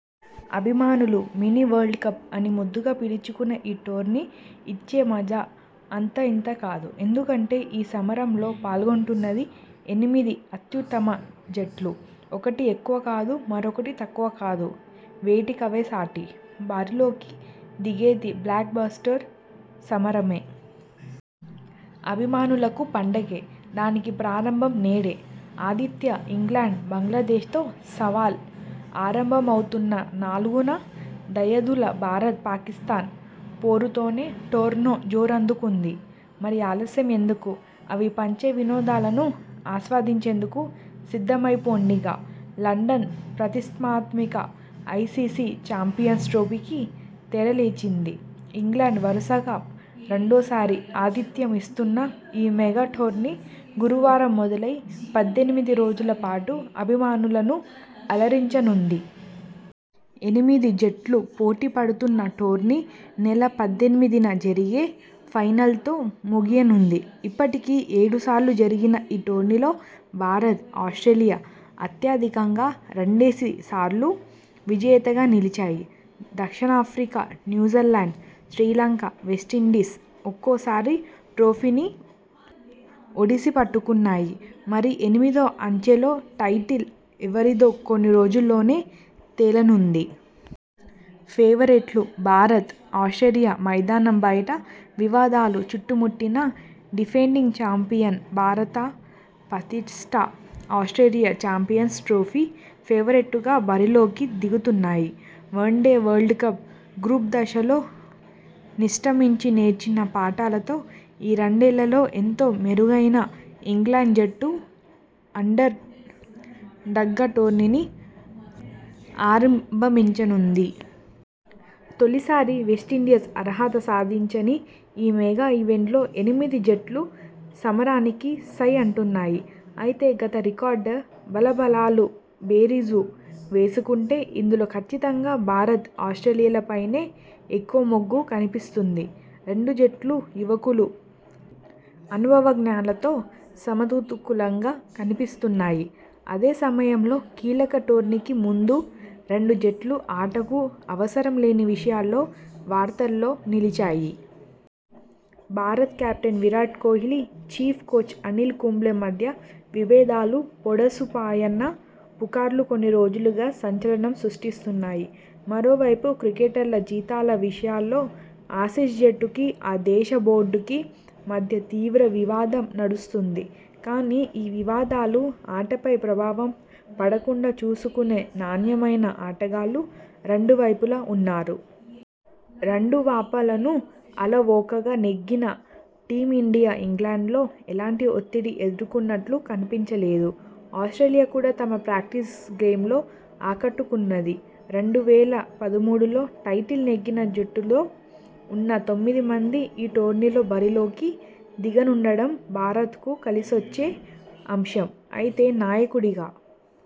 అభిమానులు 'mini world cup' అని ముద్దుగా పిలుచుకునే ఈ టోర్నీ ఇచ్చే మజా అంతా ఇంతా కాదు! ఎందుకంటే ఈ సమరంలో పాల్గొంటున్నవి ఎనిమిది అత్యుత్తమ జట్లు! ఒకటి ఎక్కువా కాదు మరొకటి తక్కువా కాదు! వేటికవేసాటి! బరిలోకి దిగితే బ్లాక్ బస్టర్ సమరమే! అభిమానులకు పండగే! దానికి ప్రారంభం నేడే! ఆతిథ్య ఇంగ్లండ్-బంగ్లాదేశ్తో సవాల్ ఆరంభమవుతున్నా నాలుగున దాయదులు భారత్- పాకిస్థాన్ పోరుతోనే టోర్నో జోరందుకోనుంది! మరి ఆలస్యం ఎందుకు అవి పంచే వినోదాలను ఆస్వాదించేందుకు సిద్ధమైపోండిక! లండన్ ప్రతిస్తాత్మిక ఐసీసీ చాంపియన్స్ ట్రోఫీకి తెరలేచింది. ఇంగ్లండ్ వరుసగా రెండోసారి ఆతిథ్యం ఇస్తున్న ఈ మెగా టోర్నీ గురువారం మొదలై పద్దెనిమిది రోజుల పాటు అభిమానులను అలరించనుంది. ఎనిమిది జట్లు పోటీ పడుతున్న టోర్నీ నెల పద్దెనిమిదిన జరిగే ఫైనల్తో ముగియనుంది. ఇప్పటికి ఏడు సార్లు జరిగిన ఈ టోర్నీలో భారత్, ఆస్ట్రేలియా అత్యధికంగా రెండేసి సార్లు విజేతగా నిలిచాయి. దక్షిణాఫ్రికా, న్యూజిలాండ్, శ్రీలంక, వెస్టిండీస్ ఒక్కోసారి ట్రోఫీని ఒడిసిపట్టుకున్నాయి. మరి ఎనిమిదో అంచెలో టైటిల్ ఎవరిదో కొన్ని రోజుల్లోనే తేలనుంది. ఫేవరెట్లు భారత్, ఆస్ట్రేలియా మైదానం బయట వివాదాలు చుట్టుముట్టినా డిఫెండింగ్ చాంపియన్ భారత, పటిష్ఠ ఆస్ట్రేలియా చాంపియన్స ట్రోఫీ ఫేవరెట్గా బరిలోకి దిగుతున్నాయి. వన్డే వరల్డ్ కప్ గ్రూప్ దశలో నిష్టమించి నేర్చిన పాఠాలతో ఈ రెండేళ్లలో ఎంతో మెరైగన ఇంగ్లండ్ జట్టు అండర్ డాగ్గా టోర్నీని ఆరంభింబించనుంది. తొలిసారి వెస్టిండీస్ అర్హత సాధించని ఈ మెగా ఈవెంట్లో ఎనిమిది జట్లు సమరానికి సై అంటున్నాయి. అయితే, గత రికార్డు, బలాబలాలు బేరీజు వేసుకుంటే ఇందులో కచ్చితంగా భారత, ఆస్ట్రేలియాలపైనే ఎక్కువ మొగ్గు కనిపిస్తోంది. రెండు జట్లూ యువకులు, అనుభవజ్ఞులతో సమతూకంగా కనిపిస్తున్నాయి. అదే సమయంలో కీలక టోర్నీకి ముందు రెండు జట్లూ ఆటకు అవసరం లేని విషయాల్లో వార్తల్లో నిలిచాయి. భారత captain Virat Kohli, chief coach Anil Kumble మధ్య విబేధాలు పొడసూ పాయన్న పుకార్లు కొన్ని రోజులుగా సంచలనం సృష్టిస్తున్నాయి. మరోవైపు క్రికెటర్ల జీతాల విషయాల్లో ఆసీస్ జట్టుకు ఆ దేశ బోర్డుకు మధ్య తీవ్ర వివాదం నడుస్తోంది. కానీ, ఈ వివాదాలు ఆటపై ప్రభావం పడకుండా చూసుకునే నాణ్యమైన ఆటగాళ్లు రెండు వైపులా ఉన్నారు. రెండు వాపలను అలవోకగా నెగ్గిన టీమిండియా ఇంగ్లండ్లో ఎలాంటి ఒత్తిడి ఎదుర్కొన్నట్లు కనిపించలేదు. ఆస్ట్రేలియా కూడా తమ ప్రాక్టీస్ గేమ్ల్లో ఆకట్టుకున్నది. రెండు వేల పదమూడులో టైటిల్ నెగ్గిన జట్టులో ఉన్న తొమ్మిది మంది ఈ టోర్నీలో బరిలోకి దిగనుండడం భారత్కు కలిసొచ్చే అంశం. అయితే, నాయకుడిగా